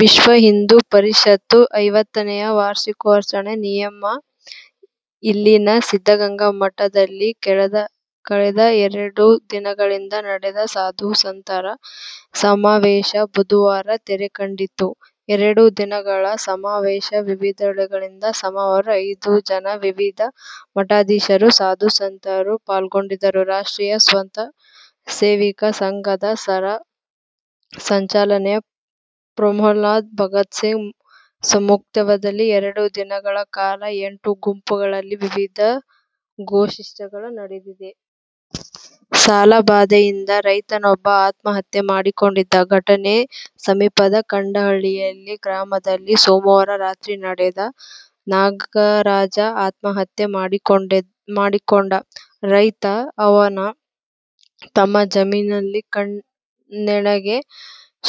ವಿಶ್ವ ಹಿಂದೂ ಪರಿಷತ್ನ ಐವತ್ತನೇ ವರ್ಷಾಚರಣೆ ನಿಮಿತ್ಯ ಇಲ್ಲಿನ ಸಿದ್ಧಗಂಗಾ ಮಠದಲ್ಲಿ ಕಳೆದ ಎರಡು ದಿನಗಳಿಂದ ನಡೆದ ಸಾಧು ಸಂತರ ಸಮಾವೇಶ ಬುಧವಾರ ತೆರೆ ಕಂಡಿತು. ಎರಡು ದಿನಗಳ ಸಮಾವೇಶ ವಿವಿಧೆಡೆಗಳಿಂದ ಸುಮಾರು ಐನ್ನೂರು ಜನ ವಿವಿಧ ಮಠಾಧೀಶರು, ಸಾಧು ಸಂತರು ಪಾಲ್ಗೊಂಡಿದ್ದರು. ರಾಷ್ಟ್ರೀಯ ಸ್ವಯಂ ಸೇವಕ ಸಂಘದ ಸರ ಸಂಚಾಲಕ ಮೋಹನ್ರಾವ್ ಭಾಗವತ್ ಸಮ್ಮುಖದಲ್ಲಿ ಎರಡು ದಿನಗಳ ಕಾಲ ಎಂಟು ಗುಂಪುಗಳಲ್ಲಿ ವಿವಿಧ ಗೋಷ್ಠಿಗಳು ನಡೆದವು. ಸಾಲ ಬಾಧೆಯಿಂದ ರೈತನೊಬ್ಬ ಆತ್ಮಹತ್ಯೆ ಮಾಡಿಕೊಂಡ ಘಟನೆ ಸಮೀಪದ ಖಂಡೇನಹಳ್ಳಿ ಗ್ರಾಮದಲ್ಲಿ ಸೋಮವಾರ ರಾತ್ರಿ ನಡೆದಿದೆ. ನಾಗರಾಜಆತ್ಮಹತ್ಯೆ ಮಾಡಿಕೊಂಡ ರೈತ. ಇವರು ತಮ್ಮ ಜಮೀನಿನಲ್ಲಿ ನೇಣಿಗೆ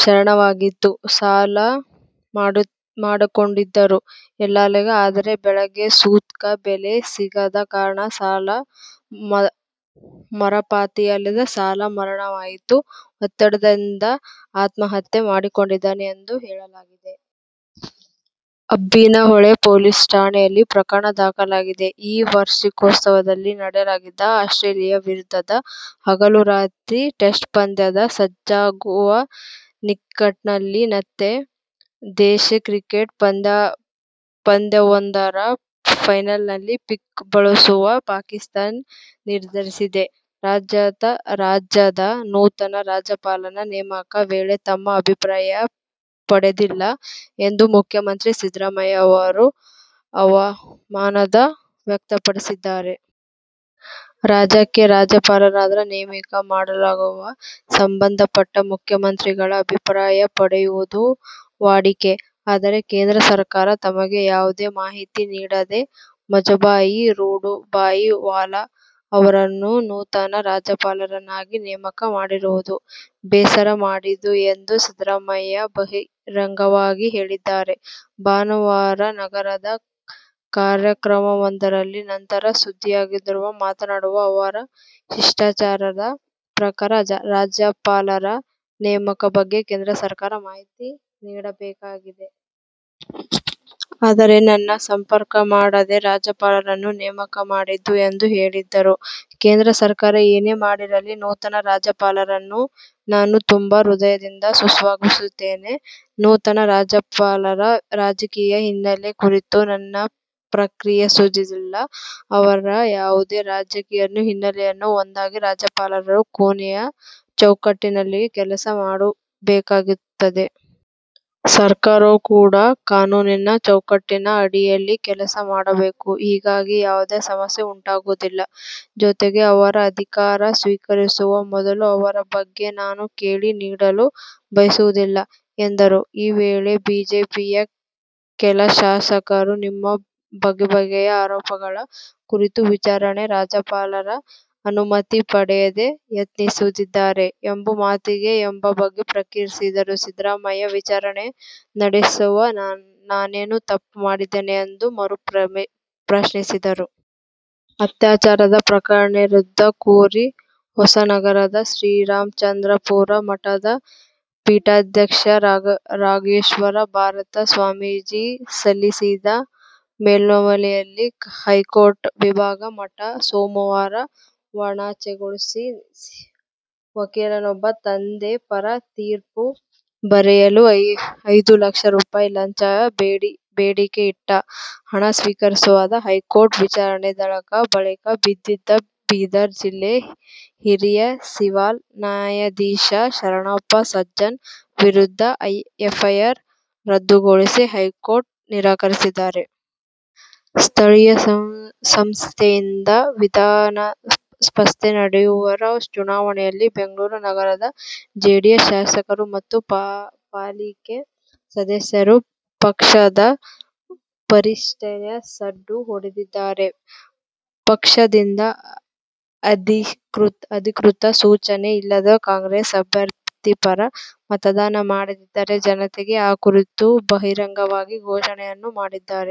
ಶರಣಾಗಿದ್ದಾರೆ. ಸಾಲ ಮಾಡಿಕೊಂಡಿದ್ದರು ಎನ್ನಲಾಗಿದೆ. ಆದರೆ ಬೆಳೆಗೆ ಸೂಕ್ತ ಬೆಲೆ ಸಿಗದ ಕಾರಣ ಸಾಲದ ಮರುಪಾವತಿಸಿರಲಿಲ್ಲ. ಸಾಲ ಮರುಪಾವತಿಗೆ ಒತ್ತಡವಿದ್ದುದರಿಂದ ಆತ್ಮಹತ್ಯೆ ಮಾಡಿಕೊಂಡಿದ್ದಾರೆ ಎಂದು ಹೇಳಲಾಗಿದೆ. ಅಬ್ಬಿನಹೊಳೆ ಪೊಲೀಸ್ ಠಾಣೆಯಲ್ಲಿ ಪ್ರಕರಣ ದಾಖಲಾಗಿದೆ. ಈ ವರ್ಷಾಂತ್ಯದಲ್ಲಿ ನಡೆಯಲಿರುವ ಆಸ್ಟ್ರೇಲಿಯ ವಿರುದ್ಧದ ಹಗಲು-ರಾತ್ರಿ ಟೆಸ್ಟ್ ಪಂದ್ಯಕ್ಕೆ ಸಜ್ಜಾಗುವ ನಿಟ್ಟಿನಲ್ಲಿ, ತನ್ನ ದೇಶಿ ಕ್ರಿಕೆಟ್ ಪಂದ್ಯವೊಂದರ ಫೈನಲ್ನಲ್ಲಿ ಪಿಂಕ್ ಬಳಸಲು ಪಾಕಿಸ್ಥಾನ ನಿರ್ಧರಿಸಿದೆ. ರಾಜ್ಯದ ನೂತನ ರಾಜ್ಯಪಾಲರ ನೇಮಕ ವೇಳೆ ತಮ್ಮ ಅಭಿಪ್ರಾಯ ಪಡೆದಿಲ್ಲ ಎಂದು ಮುಖ್ಯಮಂತ್ರಿ ಸಿದ್ದರಾಮಯ್ಯ ಅವರು ಅಸಮಾಧಾನ ವ್ಯಕ್ತಪಡಿಸಿದ್ದಾರೆ. ರಾಜ್ಯಕ್ಕೆ ರಾಜ್ಯಪಾಲರನ್ನು ನೇಮಕ ಮಾಡುವಾಗ ಸಂಬಂಧಪಟ್ಟ ಮುಖ್ಯಮಂತ್ರಿಗಳ ಅಭಿಪ್ರಾಯ ಪಡೆಯುವುದು ವಾಡಿಕೆ. ಆದರೆ ಕೇಂದ್ರ ಸರ್ಕಾರ ತಮಗೆ ಯಾವುದೇ ಮಾಹಿತಿ ನೀಡದೆ ವಜುಭಾಯಿ ರುಡಭಾಯಿ ವಾಲಾ ಅವರನ್ನು ನೂತನ ರಾಜ್ಯಪಾಲರನ್ನಾಗಿ ನೇಮಕ ಮಾಡಿರುವುದು ಬೇಸರ ಮೂಡಿಸಿದೆ ಎಂದು ಸಿದ್ದರಾಮಯ್ಯ ಬಹಿರಂಗವಾಗಿ ಹೇಳಿದ್ದಾರೆ. ಭಾನುವಾರ ನಗರದ ಕಾರ್ಯಕ್ರಮವೊಂದರ ನಂತರ ಸುದ್ದಿಗಾರರೊಂದಿಗೆ ಮಾತನಾಡಿದ ಅವರು, ಶಿಷ್ಟಾಚಾರದ ಪ್ರಕಾರ ರಾಜ್ಯಪಾಲರ ನೇಮಕದ ಬಗ್ಗೆ ಕೇಂದ್ರ ಸರ್ಕಾರ ಮಾಹಿತಿ ನೀಡಬೇಕು. ಆದರೆ, ನನ್ನನ್ನು ಸಂಪರ್ಕ ಮಾಡದೆ ರಾಜ್ಯಪಾಲರನ್ನು ನೇಮಕ ಮಾಡಿದೆ ಎಂದು ಹೇಳಿದರು. ಕೇಂದ್ರ ಸರ್ಕಾರ ಏನೇ ಮಾಡಿರಲಿ, ನೂತನ ರಾಜ್ಯಪಾಲರನ್ನು ನಾನು ತುಂಬು ಹೃದಯದಿಂದ ಸ್ವಾಗತಿಸುತ್ತೇನೆ. ನೂತನ ರಾಜ್ಯಪಾಲರ ರಾಜಕೀಯ ಹಿನ್ನೆಲೆ ಕುರಿತು ನಾನು ಪ್ರತಿಕ್ರಿಯಿಸುವುದಿಲ್ಲ. ಅವರು ಯಾವುದೇ ರಾಜಕೀಯ ಹಿನ್ನೆಲೆಯಲ್ಲಿ ಬಂದರೂ ರಾಜ್ಯಪಾಲರಾಗಿ ಕಾನೂನಿನ ಚೌಕಟ್ಟಿನಡಿಯೇ ಕೆಲಸ ಮಾಡಬೇಕಾಗುತ್ತದೆ. ಸರ್ಕಾರವೂ ಕೂಡ ಕಾನೂನಿನ ಚೌಕಟ್ಟಿನ ಅಡಿಯಲ್ಲೇ ಕೆಲಸ ಮಾಡಬೇಕು. ಹೀಗಾಗಿ ಯಾವುದೇ ಸಮಸ್ಯೆ ಉಂಟಾಗುವುದಿಲ್ಲ. ಜೊತೆಗೆ ಅವರು ಅಧಿಕಾರ ಸ್ವೀಕರಿಸುವ ಮೊದಲೇ ಅವರ ಬಗ್ಗೆ ನಾನು ಹೇಳಿಕೆ ನೀಡಲು ಬಯಸುವುದಿಲ್ಲ ಎಂದರು. ಈ ವೇಳೆ ಬಿಜೆಪಿಯ ಕೆಲ ಶಾಸಕರು ನಿಮ್ಮ ಬಗೆಗಿನ ಆರೋಪಗಳ ಕುರಿತು ವಿಚಾರಣೆಗೆ ರಾಜ್ಯಪಾಲರ ಅನುಮತಿ ಪಡೆಯಲು ಯತ್ನಿಸಲಿದ್ದಾರೆ ಎಂಬ ಮಾತಿದೆ ಎಂಬ ಬಗ್ಗೆ ಪ್ರತಿಕ್ರಿಯಿಸಿದ ಸಿದ್ದರಾಮಯ್ಯ, ವಿಚಾರಣೆ ನಡೆಸಲು ನಾನೇನು ತಪ್ಪು ಮಾಡಿದ್ದೇನೆ ಎಂದು ಮರು ಪ್ರಶ್ನಿಸಿದರು. ಅತ್ಯಾಚಾರ ಪ್ರಕರಣ ರದ್ದು ಕೋರಿ ಹೊಸನಗರದ ಶ್ರೀರಾಮಚಂದ್ರಾಪುರ ಮಠದ ಪೀಠಾಧ್ಯಕ್ಷ ರಾಘವೇಶ್ವರ ಭಾರತಿ ಸ್ವಾಮೀಜಿ ಸಲ್ಲಿಸಿದ್ದ ಮೇಲ್ಮನವಿಯನ್ನು ಹೈಕೋರ್ಟ್ನ ವಿಭಾಗೀಯ ಪೀಠ ಸೋಮವಾರ ವಜಾಗೊಳಿಸಿದೆ. ಸಿವಿಲ್ ಮೊಕದ್ದಮೆಯಲ್ಲಿ ವಕೀಲರೊಬ್ಬರ ತಂದೆಯ ಪರ ತೀರ್ಪು ಬರೆಯಲು ಐದು ಲಕ್ಷ ರೂಪಾಯಿ ಲಂಚಕ್ಕೆ ಬೇಡಿಕೆಯಿಟ್ಟು ಹಣ ಸ್ವೀಕರಿಸುವಾಗ ಹೈಕೋರ್ಟ್ ವಿಚಕ್ಷಣಾ ದಳದ ಬಲೆಗೆ ಬಿದ್ದಿದ್ದ ಬೀದರ್ ಜಿಲ್ಲಾ ಹಿರಿಯ ಸಿವಿಲ್ ನ್ಯಾಯಾಧೀಶ ಶರಣ್ಣಪ್ಪ ಸಜ್ಜನ ವಿರುದ್ಧದ ಎಫ್ಐಆರ್ ರದ್ದುಗೊಳಿಸಲು ಹೈಕೋರ್ಟ್ ನಿರಾಕರಿಸಿದೆ. ಸ್ಥಳೀಯ ಸಂಸ್ಥೆಗಳಿಂದ ವಿಧಾನಪರಿಷತ್ಗೆ ನಡೆಯುತ್ತಿರುವ ಚುನಾವಣೆಯಲ್ಲಿ ಬೆಂಗಳೂರು ನಗರದ ಜೆಡಿಎಸ್ ಶಾಸಕರು ಮತ್ತು ಪಾಲಿಕೆ ಸದಸ್ಯರು ಪಕ್ಷದ ವರಿಷ್ಠರಿಗೆ ಸಡ್ಡು ಹೊಡೆದಿದ್ದಾರೆ. ಪಕ್ಷದಿಂದ ಅಧಿಕೃತ ಸೂಚನೆ ಇಲ್ಲದಿದ್ದರೂ ಕಾಂಗ್ರೆಸ್ ಅಭ್ಯರ್ಥಿ ಪರ ಮತದಾನ ಮಾಡಿದ್ದಾರೆ. ಜತೆಗೆ, ಆ ಕುರಿತು ಬಹಿರಂಗವಾಗಿ ಘೋಷಣೆಯನ್ನೂ ಮಾಡಿದ್ದಾರೆ.